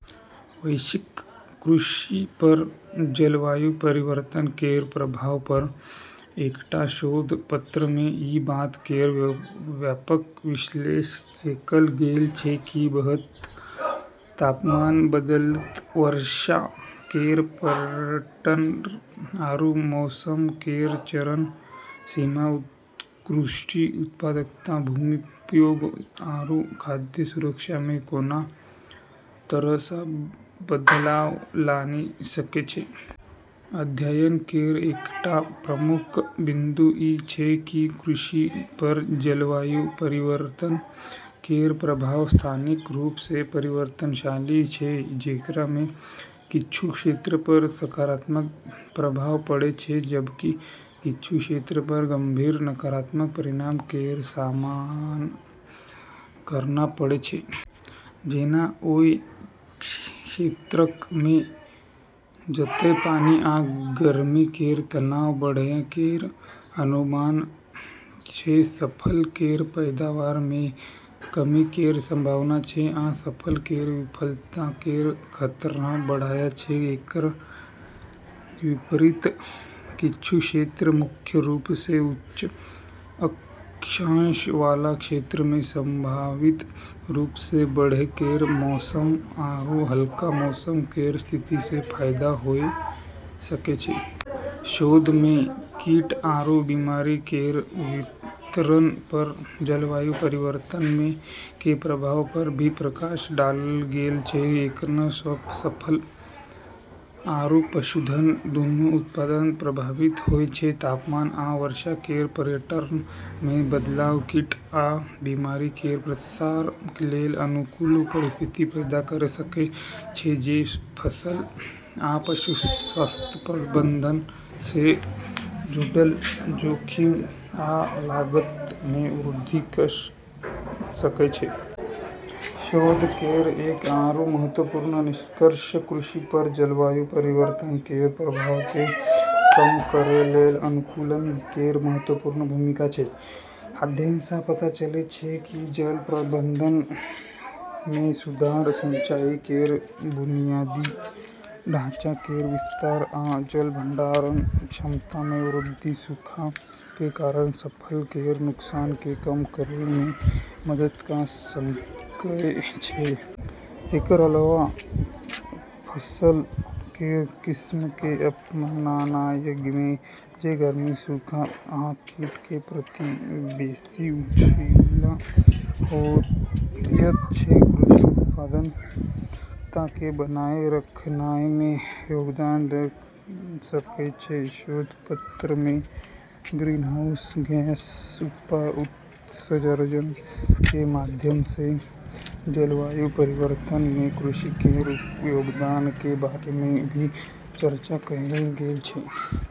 वैश्विक कृषि पर जलवायु परिवर्तन केर प्रभाव पर एकटा शोध पत्र मे ई बात केर व्यापक विश्लेषण कएल गेल छै कि बढ़त तापमान, बदलत वर्षा केर पैटर्न, आरू मौसम केर चरम सीमा कृषि उत्पादकता, भूमि उपयोग, आरू खाद्य सुरक्षा मे कोना तरह सँ बदलाव लानी सकै छै। अध्ययन केर एकटा प्रमुख बिंदु ई छै कि कृषि पर जलवायु परिवर्तन केर प्रभाव स्थानिक रूप सँ परिवर्तनशील छै, जेकरा मे किछु क्षेत्र पर सकारात्मक प्रभाव पड़ै छै जबकि किछु क्षेत्र पर गंभीर नकारात्मक परिणाम केर सामना करना पड़ै छै। जेना, ओय क्षेत्रक मे जतय पानि आ गर्मी केर तनाव बढ़य केर अनुमान छै, फसल केर पैदावार मे कमी केर संभावना छै, आ फसल केर विफलता केर खतरा बढ़य छै। एकर विपरीत, किछु क्षेत्र, मुख्य रूप सँ उच्च अक्षांश वाला क्षेत्र मे संभावित रूप सँ बढ़ै केर मौसम आरू हल्का मौसम केर स्थिति सँ फायदा होय सकै छै। शोध मे कीट आरू बीमारी केर वितरण पर जलवायु परिवर्तन के प्रभाव पर भी प्रकाश डालल गेल छै, जेकरा सँ फसल आरू पशुधन दूनू उत्पादन प्रभावित होय छै। तापमान आ वर्षा केर पैटर्न मे बदलाव कीट आ बीमारी केर प्रसार लेल अनुकूल परिस्थिति पैदा कऽ सकय छै, जे फसल आ पशु स्वास्थ्य प्रबंधन सँ जुड़ल जोखिम आ लागत मे वृद्धि कऽ सकय छै। शोध केर एक आरू महत्वपूर्ण निष्कर्ष कृषि पर जलवायु परिवर्तन केर प्रभाव के कम करै लेल अनुकूलन केर महत्वपूर्ण भूमिका छै। अध्ययन सँ पता चलै छै कि जल प्रबंधन मे सुधार, सिंचाई केर बुनियादी ढाँचा केर विस्तार, आ जल भंडारण क्षमता मे वृद्धि सूखा के कारण फसल केर नुकसान के कम करय मे मदद कऽ सकय छै। एकर अलावा, फसल केर किस्म के अपनानाय जे गर्मी, सूखा आ कीट के प्रति बेसि लचीला होयत छै, कृषि उत्पादकता के बनाए रखनाय मे योगदान दऽ सकय छै। शोध पत्र मे ग्रीनहाउस गैस उत्सर्जन के माध्यम सँ जलवायु परिवर्तन मे कृषि केर योगदान के बारे मे भी चर्चा कएल गेल छै।